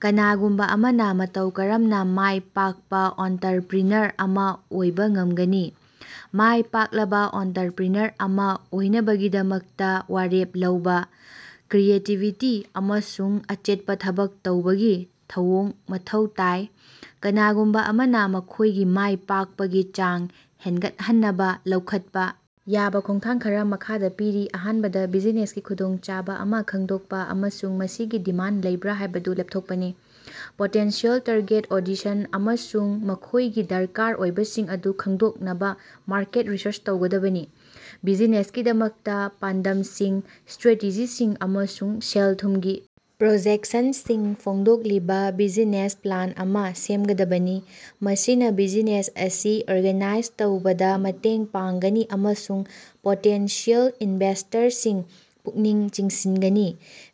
ꯀꯅꯥꯒꯨꯝꯕꯥ ꯑꯃꯅꯥ ꯃꯇꯧ ꯀꯔꯝꯅꯥ ꯃꯥꯏ ꯄꯥꯛꯄꯥ ꯑꯣꯟꯇꯔꯄ꯭ꯔꯤꯅꯔ ꯑꯃꯥ ꯑꯣꯏꯕꯥ ꯉꯝꯒꯅꯤ? ꯃꯥꯏ ꯄꯥꯛꯂꯕꯥ ꯑꯣꯟꯇꯔꯄ꯭ꯔꯤꯅꯔ ꯑꯃꯥ ꯑꯣꯏꯅꯕꯒꯤꯗꯃꯛꯇꯥ ꯋꯥꯔꯦꯞ ꯂꯧꯕꯥ, ꯀ꯭ꯔꯤꯌꯦꯇꯤꯕꯤꯇꯤ ꯑꯃꯁꯨꯡ ꯑꯆꯦꯠꯄꯥ ꯊꯕꯛ ꯇꯧꯕꯒꯤ ꯊꯧꯑꯣꯡ ꯃꯊꯧ ꯇꯥꯏ꯫ ꯀꯅꯥꯒꯨꯝꯕꯥ ꯑꯃꯅꯥ ꯃꯈꯣꯏꯒꯤ ꯃꯥꯏ ꯄꯥꯛꯄꯒꯤ ꯆꯥꯡ ꯍꯦꯟꯒꯠꯍꯟꯅꯕꯥ ꯂꯧꯈꯠꯄꯥ ꯌꯥꯕꯥ ꯈꯣꯡꯊꯥꯡ ꯈꯔꯥ ꯃꯈꯥꯗ ꯄꯤꯔꯤ: ꯑꯍꯥꯟꯕꯗ ꯕꯤꯖꯤꯅꯦꯁꯀꯤ ꯈꯨꯗꯣꯡꯆꯥꯕ ꯑꯃꯥ ꯈꯪꯗꯣꯛꯄꯥ ꯑꯃꯁꯨꯡ ꯃꯁꯤꯒꯤ ꯗꯤꯃꯥꯟ ꯂꯩꯕ꯭ꯔꯥ ꯍꯥꯏꯕꯗꯨ ꯂꯦꯞꯊꯣꯛꯄꯥꯅꯤ꯫ ꯄꯣꯇꯦꯟꯁꯤꯌꯦꯜ ꯇꯥꯔꯒꯦꯠ ꯑꯣꯗꯤꯁꯟ ꯑꯃꯁꯨꯡ ꯃꯈꯣꯏꯒꯤ ꯗꯔꯀꯥꯔ ꯑꯣꯏꯕꯁꯤꯡ ꯑꯗꯨ ꯈꯪꯗꯣꯛꯅꯕꯥ ꯃꯥꯔꯀꯦꯠ ꯔꯤꯁꯔꯆ ꯇꯧꯒꯗꯕꯅꯤ꯫ ꯕꯤꯖꯤꯅꯦꯁꯀꯤꯗꯃꯛꯇꯥ ꯄꯥꯟꯗꯝꯁꯤꯡ, ꯏꯁꯇ꯭ꯔꯦꯇꯦꯖꯤꯁꯤꯡ ꯑꯃꯁꯨꯡ ꯁꯦꯜ-ꯊꯨꯝꯒꯤ ꯄ꯭ꯔꯣꯖꯦꯛꯁꯟꯁꯤꯡ ꯐꯣꯡꯗꯣꯛꯂꯤꯕꯥ ꯕꯤꯖꯤꯅꯦꯁ ꯄ꯭ꯂꯥꯟ ꯑꯃꯥ ꯁꯦꯝꯒꯗꯕꯅꯤ꯫ ꯃꯁꯤꯅꯥ ꯕꯤꯖꯤꯅꯦꯁ ꯑꯁꯤ ꯑꯣꯔꯒꯅꯥꯏꯖ ꯇꯧꯕꯗꯥ ꯃꯇꯦꯡ ꯄꯥꯡꯒꯅꯤ ꯑꯃꯁꯨꯡ ꯄꯣꯇꯦꯟꯁꯤꯌꯦꯜ ꯏꯟꯚꯦꯁꯇꯔꯁꯤꯡ ꯄꯨꯛꯅꯤꯡ ꯆꯤꯡꯁꯤꯟꯒꯅꯤ꯫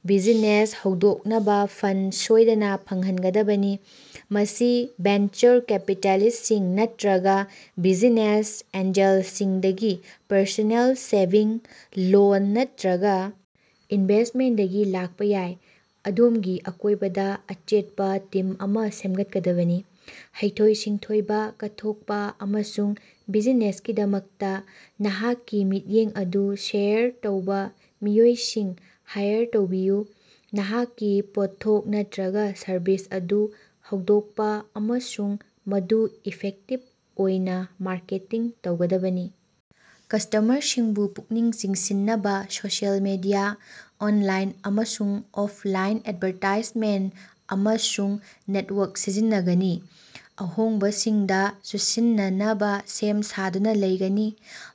ꯕꯤꯖꯤꯅꯦꯁ ꯍꯧꯗꯣꯛꯅꯕꯥ ꯐꯟ ꯁꯣꯏꯗꯅꯥ ꯐꯪꯍꯟꯒꯗꯕꯅꯤ꯫ ꯃꯁꯤ ꯚꯦꯟꯆꯔ ꯀꯦꯄꯤꯇꯦꯂꯤꯁꯁꯤꯡ ꯅꯠꯇ꯭ꯔꯒꯥ ꯕꯤꯖꯤꯅꯦꯁ ꯑꯦꯟꯖꯦꯜꯁꯤꯡꯗꯒꯤ ꯄꯔꯁꯣꯅꯦꯜ ꯁꯦꯚꯤꯡ, ꯂꯣꯟ ꯅꯠꯇ꯭ꯔꯒꯥ ꯏꯟꯚꯦꯁꯃꯦꯟꯗꯒꯤ ꯂꯥꯛꯄꯥ ꯌꯥꯏ꯫ ꯑꯗꯣꯝꯒꯤ ꯑꯀꯣꯏꯕꯗꯥ ꯑꯆꯦꯠꯄꯥ ꯇꯤꯝ ꯑꯃꯥ ꯁꯦꯝꯒꯠꯀꯗꯕꯅꯤ꯫ ꯍꯩꯊꯣꯏ-ꯁꯤꯡꯊꯣꯏꯕꯥ, ꯀꯠꯊꯣꯛꯄꯥ ꯑꯃꯁꯨꯡ ꯕꯤꯖꯤꯅꯦꯁꯀꯤꯗꯃꯛꯇꯥ ꯅꯍꯥꯛꯀꯤ ꯃꯤꯠꯌꯦꯡ ꯑꯗꯨ ꯁꯦꯌꯔ ꯇꯧꯕꯥ ꯃꯤꯑꯣꯏꯁꯤꯡ ꯍꯥꯏꯌꯔ ꯇꯧꯕꯤꯌꯨ꯫ ꯅꯍꯥꯛꯀꯤ ꯄꯣꯠꯊꯣꯛ ꯅꯠꯇ꯭ꯔꯒꯥ ꯁꯔꯚꯤꯁ ꯑꯗꯨ ꯍꯧꯗꯣꯛꯄꯥ ꯑꯃꯁꯨꯡ ꯃꯗꯨ ꯏꯐꯦꯛꯇꯤꯞ ꯑꯣꯏꯅꯥ ꯃꯥꯔꯀꯦꯇꯤꯡ ꯇꯧꯒꯗꯕꯅꯤ꯫ ꯀꯁ꯭ꯇꯃꯔꯁꯤꯡꯕꯨ ꯄꯨꯛꯅꯤꯡ ꯆꯤꯡꯁꯤꯟꯅꯕꯥ ꯁꯣꯁꯤꯑꯦꯜ ꯃꯤꯗꯤꯌꯥ, ꯑꯣꯟꯂꯥꯏꯟ ꯑꯃꯁꯨꯡ ꯑꯣꯞꯂꯥꯏꯟ ꯑꯦꯠꯚꯥꯔꯇꯥꯏꯖꯃꯦꯟꯇ ꯑꯃꯁꯨꯡ ꯅꯦꯠꯋꯥꯛ ꯁꯤꯖꯤꯟꯅꯒꯅꯤ꯫ ꯑꯍꯣꯡꯕꯁꯤꯡꯗꯥ ꯆꯨꯁꯤꯟꯅꯅꯕꯥ ꯁꯦꯝ ꯁꯥꯗꯨꯅꯥ ꯂꯩꯒꯅꯤ꯫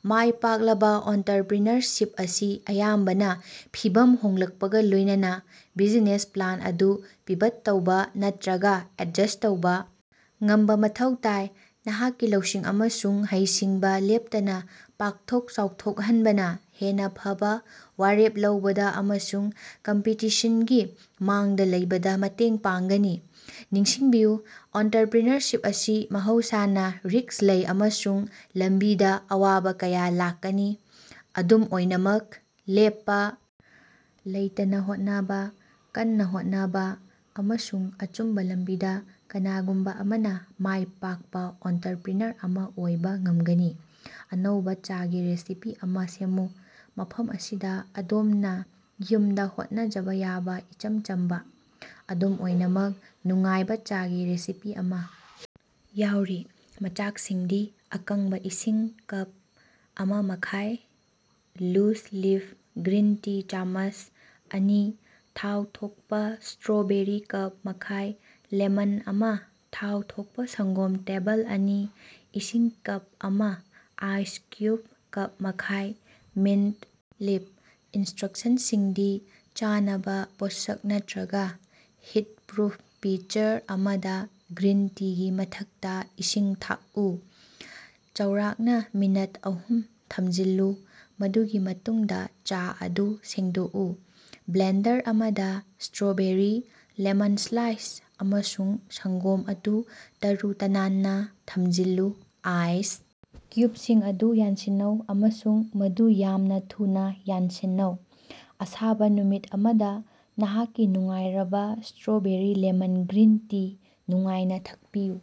ꯃꯥꯏ ꯄꯥꯛꯂꯕꯥ ꯑꯣꯟꯇꯔꯄ꯭ꯔꯤꯅꯔꯁꯤꯞ ꯑꯁꯤ ꯑꯌꯥꯝꯕꯅꯥ ꯐꯤꯚꯝ ꯍꯣꯡꯂꯛꯄꯒꯥ ꯂꯣꯏꯅꯅꯥ ꯕꯤꯖꯤꯅꯦꯁ ꯄ꯭ꯂꯥꯟ ꯑꯗꯨ ꯄꯤꯚꯠ ꯇꯧꯕꯥ ꯅꯠꯇ꯭ꯔꯒꯥ ꯑꯦꯠꯖꯁ ꯇꯧꯕꯥ ꯉꯝꯕꯥ ꯃꯊꯧ ꯇꯥꯏ꯫ꯅꯍꯥꯛꯀꯤ ꯂꯧꯁꯤꯡ ꯑꯃꯁꯨꯡ ꯍꯩꯁꯤꯡꯕꯥ ꯂꯦꯞꯇꯅꯥ ꯄꯥꯛꯊꯣꯛ ꯆꯥꯎꯊꯣꯛꯍꯟꯕꯅꯥ ꯍꯦꯟꯅꯥ ꯐꯕꯥ ꯋꯥꯔꯦꯞ ꯂꯧꯕꯗꯥ ꯑꯃꯁꯨꯡ ꯀꯝꯄꯤꯇꯤꯁꯟꯒꯤ ꯃꯥꯡꯗꯥ ꯂꯩꯕꯗꯥ ꯃꯇꯦꯡ ꯄꯥꯡꯒꯅꯤ꯫ ꯅꯤꯡꯁꯤꯡꯕꯤꯌꯨ, ꯑꯣꯟꯇꯔꯄ꯭ꯔꯤꯅꯔꯁꯤꯞ ꯑꯁꯤ ꯃꯍꯧꯁꯥꯅꯥ ꯔꯤꯛꯁ ꯂꯩ ꯑꯃꯁꯨꯡ ꯂꯝꯕꯤꯗꯥ ꯑꯋꯥꯕꯥ ꯀꯌꯥ ꯂꯥꯛꯀꯅꯤ꯫ ꯑꯗꯨꯝ ꯑꯣꯏꯅꯃꯛ, ꯂꯦꯞꯄꯥ ꯂꯩꯇꯅꯥ ꯍꯣꯠꯅꯕꯥ, ꯀꯟꯅꯥ ꯍꯣꯠꯅꯕꯥ, ꯑꯃꯁꯨꯡ ꯑꯆꯨꯝꯕꯥ ꯂꯝꯕꯤꯗꯥ ꯀꯅꯥꯒꯨꯝꯕꯥ ꯑꯃꯅꯥ ꯃꯥꯏꯄꯥꯛꯄꯥ ꯑꯣꯟꯇꯔꯄ꯭ꯔꯤꯅꯔ ꯑꯃꯥ ꯑꯣꯏꯕꯥ ꯉꯝꯒꯅꯤ꯫ ꯑꯅꯧꯕꯥ ꯆꯥꯒꯤ ꯔꯦꯁꯤꯄꯤ ꯑꯃꯥ ꯁꯦꯝꯃꯨ꯫ ꯃꯐꯝ ꯑꯁꯤꯗꯥ ꯑꯗꯣꯝꯅꯥ ꯌꯨꯝꯗꯥ ꯍꯣꯠꯅꯖꯕꯥ ꯌꯥꯕꯥ ꯏꯆꯝ ꯆꯝꯕꯥ, ꯑꯗꯨꯝ ꯑꯣꯏꯅꯃꯛ ꯅꯨꯡꯉꯥꯏꯕꯥ ꯆꯥꯒꯤ ꯔꯦꯁꯤꯄꯤ ꯑꯃꯥ ꯌꯥꯎꯔꯤ꯫ ꯃꯆꯥꯛꯁꯤꯡꯗꯤ ꯑꯀꯪꯕꯥ ꯏꯁꯤꯡ ꯀꯞ ꯑꯃꯥ ꯃꯈꯥꯏ ꯂꯨꯖ ꯂꯤꯐ ꯒ꯭ꯔꯤꯟ ꯇꯤ ꯆꯥꯃꯁ ꯑꯅꯤ ꯊꯥꯎ ꯊꯣꯛꯄꯥ ꯏꯁꯇ꯭ꯔꯣꯕꯦꯔꯤ ꯀꯞ ꯃꯈꯥꯏ ꯂꯦꯃꯟ ꯑꯃꯥ ꯊꯥꯎ ꯊꯣꯛꯄꯥ ꯁꯪꯒꯣꯝ ꯇꯦꯕꯜ ꯑꯅꯤ ꯏꯁꯤꯡ ꯀꯞ ꯑꯃꯥ ꯑꯥꯏꯁ ꯀ꯭ꯌꯨꯞ ꯀꯞ ꯃꯈꯥꯏ ꯃꯤꯟꯇ ꯂꯤꯞ, ꯏꯟꯁꯇ꯭ꯔꯛꯁꯟꯁꯤꯡꯗꯤ ꯆꯥꯅꯕꯥ ꯄꯣꯠꯁꯛ ꯅꯠꯇ꯭ꯔꯒꯥ ꯍꯤꯠꯄ꯭ꯔꯨꯞ ꯄꯤꯆꯔ ꯑꯃꯗꯥ, ꯒ꯭ꯔꯤꯟ ꯇꯤꯒꯤ ꯃꯊꯛꯇꯥ ꯏꯁꯤꯡ ꯊꯥꯛꯎ꯫ ꯆꯥꯎꯔꯥꯛꯅꯥ ꯃꯤꯅꯠ ꯑꯍꯨꯝ ꯊꯝꯖꯤꯜꯂꯨ ꯃꯗꯨꯒꯤ ꯃꯇꯨꯡꯗꯥ ꯆꯥ ꯑꯗꯨ ꯁꯦꯡꯗꯣꯛꯎ꯫ ꯕ꯭ꯂꯦꯟꯗꯔ ꯑꯃꯗꯥ, ꯏꯁꯇ꯭ꯔꯣꯕꯦꯔꯤ, ꯂꯦꯃꯟ ꯁ꯭ꯂꯥꯏꯁ ꯑꯃꯁꯨꯡ ꯁꯪꯒꯣꯝ ꯑꯗꯨ ꯇꯔꯨ-ꯇꯅꯥꯟꯅꯥ ꯊꯝꯖꯤꯜꯂꯨ꯫ ꯑꯥꯏꯁ ꯀ꯭ꯌꯨꯕꯁꯤꯡ ꯑꯗꯨ ꯌꯥꯟꯁꯤꯟꯅꯧ, ꯑꯃꯁꯨꯡ ꯃꯗꯨ ꯌꯥꯝꯅꯥ ꯊꯨꯅꯥ ꯌꯥꯟꯁꯤꯟꯅꯧ꯫ ꯑꯁꯥꯕ ꯅꯨꯃꯤꯠ ꯑꯃꯗꯥ ꯅꯍꯥꯛꯀꯤ ꯅꯨꯡꯉꯥꯏꯔꯕꯥ ꯏꯁꯇ꯭ꯔꯣꯕꯦꯔꯤ ꯂꯦꯃꯟ ꯒ꯭ꯔꯤꯟ ꯇꯤ ꯅꯨꯡꯉꯥꯏꯅ ꯊꯛꯄꯤꯎ꯫